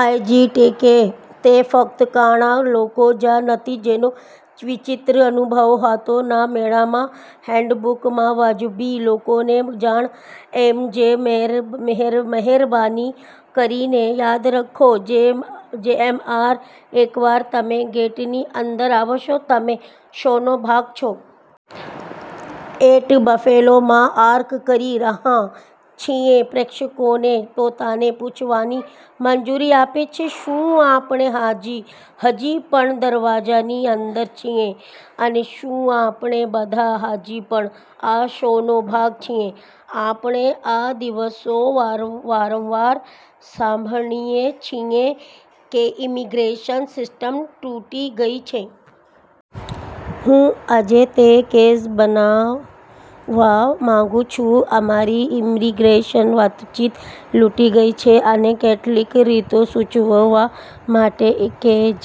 આયજીટીકે: તે ફક્ત કાળા લોકો જ નથી જેનો વિચિત્ર અનુભવ હતો ના મેળામાં. હેન્ડબુક માં વાજબી લોકોને જાણ એમજે: મહેરબાની કરીને યાદ રાખો. જેએમઆર: એકવાર તમે ગેટની અંદર આવશો, તમે શોનો ભાગ છો. એટ બફેલો માં આર્ક કરી રહ્યા છીએ પ્રેક્ષકોને પોતાને પૂછવાની મંજૂરી આપે છે, શું આપણે હજી પણ દરવાજાની અંદર છીએ અને શું આપણે બધા હજી પણ આ શોનો ભાગ છીએ? આપણે આ દિવસો વારંવાર સાંભળીએ છીએ કે ઇમિગ્રેશન સિસ્ટમ તૂટી ગઈ છે. હું આજે તે કેસ બનાવવા માંગું છું. અમારી ઇમિગ્રેશન વાતચીત તૂટી ગઈ છે અને કેટલીક રીતો સૂચવવા માટે,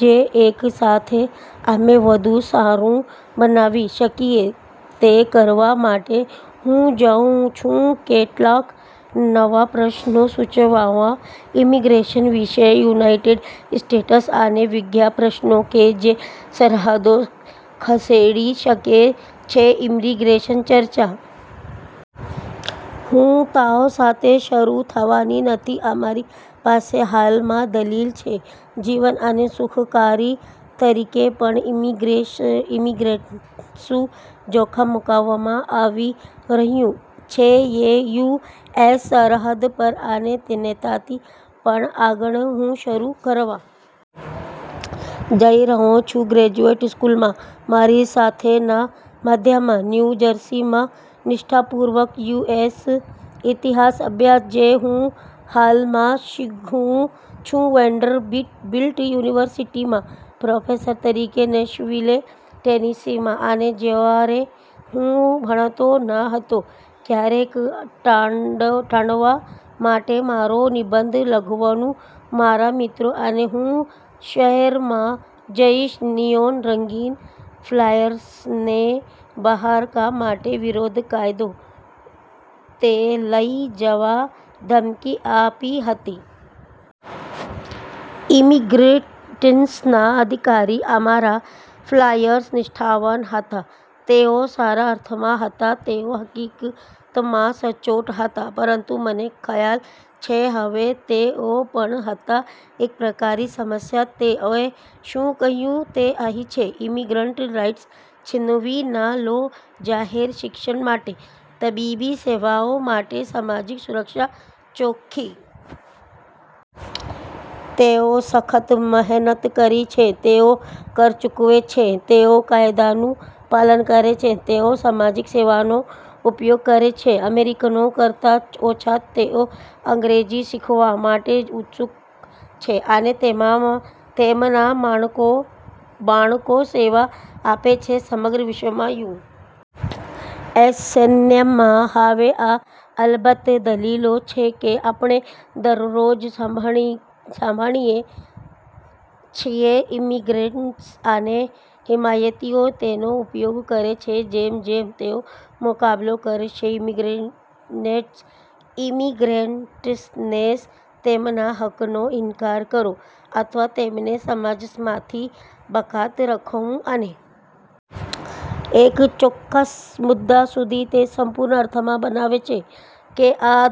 જે એક સાથે, અમે વધુ સારું બનાવી શકીએ. તે કરવા માટે, હું જાઉં છું કેટલાક નવા પ્રશ્નો સૂચવવા ઇમિગ્રેશન વિશે, યુનાઇટેડ સ્ટેટ્સ અને વિશ્વ, પ્રશ્નો કે જે સરહદો ખસેડી શકે છે ઇમિગ્રેશન ચર્ચા. હું તાવ સાથે શરૂ થવાની નથી અમારી પાસે હાલમાં દલીલ છે, જીવન અને સુખાકારી તરીકે પણ ઇમિગ્રન્ટ્સનું જોખમ મુકવામાં આવી રહ્યું છે. યુ. એસ. સરહદ પર અને તેનાથી પણ આગળ. હું શરૂ કરવા જઇ રહ્યો છું ગ્રેજ્યુએટ સ્કૂલમાં મારી સાથે ના મધ્યમાં ન્યુ જર્સીમાં, નિષ્ઠાપૂર્વક યુએસ ઇતિહાસ અભ્યાસ, જે હું હાલમાં શીખવું છું, વેન્ડરબિલ્ટ યુનિવર્સિટીમાં પ્રોફેસર તરીકે નેશવિલે, ટેનેસીમાં અને જ્યારે હું ભણતો ન હતો, ક્યારેક ટાળવા માટે મારો નિબંધ લખવું, મારા મિત્રો અને હું શહેરમાં જઇશ નિયોન-રંગીન ફ્લાયર્સને બહાર કા માટે, વિરોધ કાયદો તે લઈ જવા ધમકી આપી હતી. ઇમિગ્રન્ટ્સના અધિકાર. અમારા ફ્લાયર્સ નિષ્ઠાવાન હતા, તેઓ સારા અર્થમાં હતા, તેઓ હકીકતમાં સચોટ હતા, પરંતુ મને ખ્યાલ છે હવે, તેઓ પણ હતા એક પ્રકારની સમસ્યા. તેઓએ શું કહ્યું તે અહીં છે: "ઇમિગ્રન્ટ રાઇટ્સ છીનવી ના લો જાહેર શિક્ષણ માટે, તબીબી સેવાઓ માટે, સામાજિક સુરક્ષા ચોખ્ખી. તેઓ સખત મહેનત કરે છે. તેઓ કર ચૂકવે છે. તેઓ કાયદાનું પાલન કરે છે. તેઓ સામાજિક સેવાઓનો ઉપયોગ કરે છે અમેરિકનો કરતા ઓછા. તેઓ અંગ્રેજી શીખવા માટે ઉત્સુક છે, અને તેમના બાળકો સેવા આપે છે સમગ્ર વિશ્વમાં યુ. એસ. સૈન્યમાં. હવે, આ, અલબત્ત, દલીલો છે કે આપણે દરરોજ સાંભળીએ છીએ. ઇમિગ્રન્ટ્સ અને હિમાયતીઓ તેનો ઉપયોગ કરે છે જેમ- જેમ તેઓ મુકાબલો કરશે ઇમિગ્રન્ટ્સને તેમના હકનો ઇનકાર કરો અથવા તેમને સમાજમાંથી બાકાત રાખવું. અને એક ચોક્કસ મુદ્દા સુધી, તે સંપૂર્ણ અર્થમાં બનાવે છે કે આ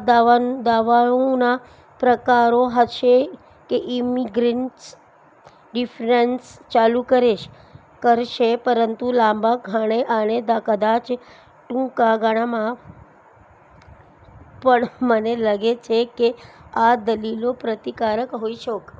દાવાઓનાં પ્રકારો હશે કે ઇમિગ્રન્ટ્સ ડિફેન્ડર્સ ચાલુ કરશે, પરંતુ લાંબા ગાળે અને કદાચ ટૂંકા ગાળામાં પણ, મને લાગે છે કે આ દલીલો પ્રતિકારક હોઈ શકે.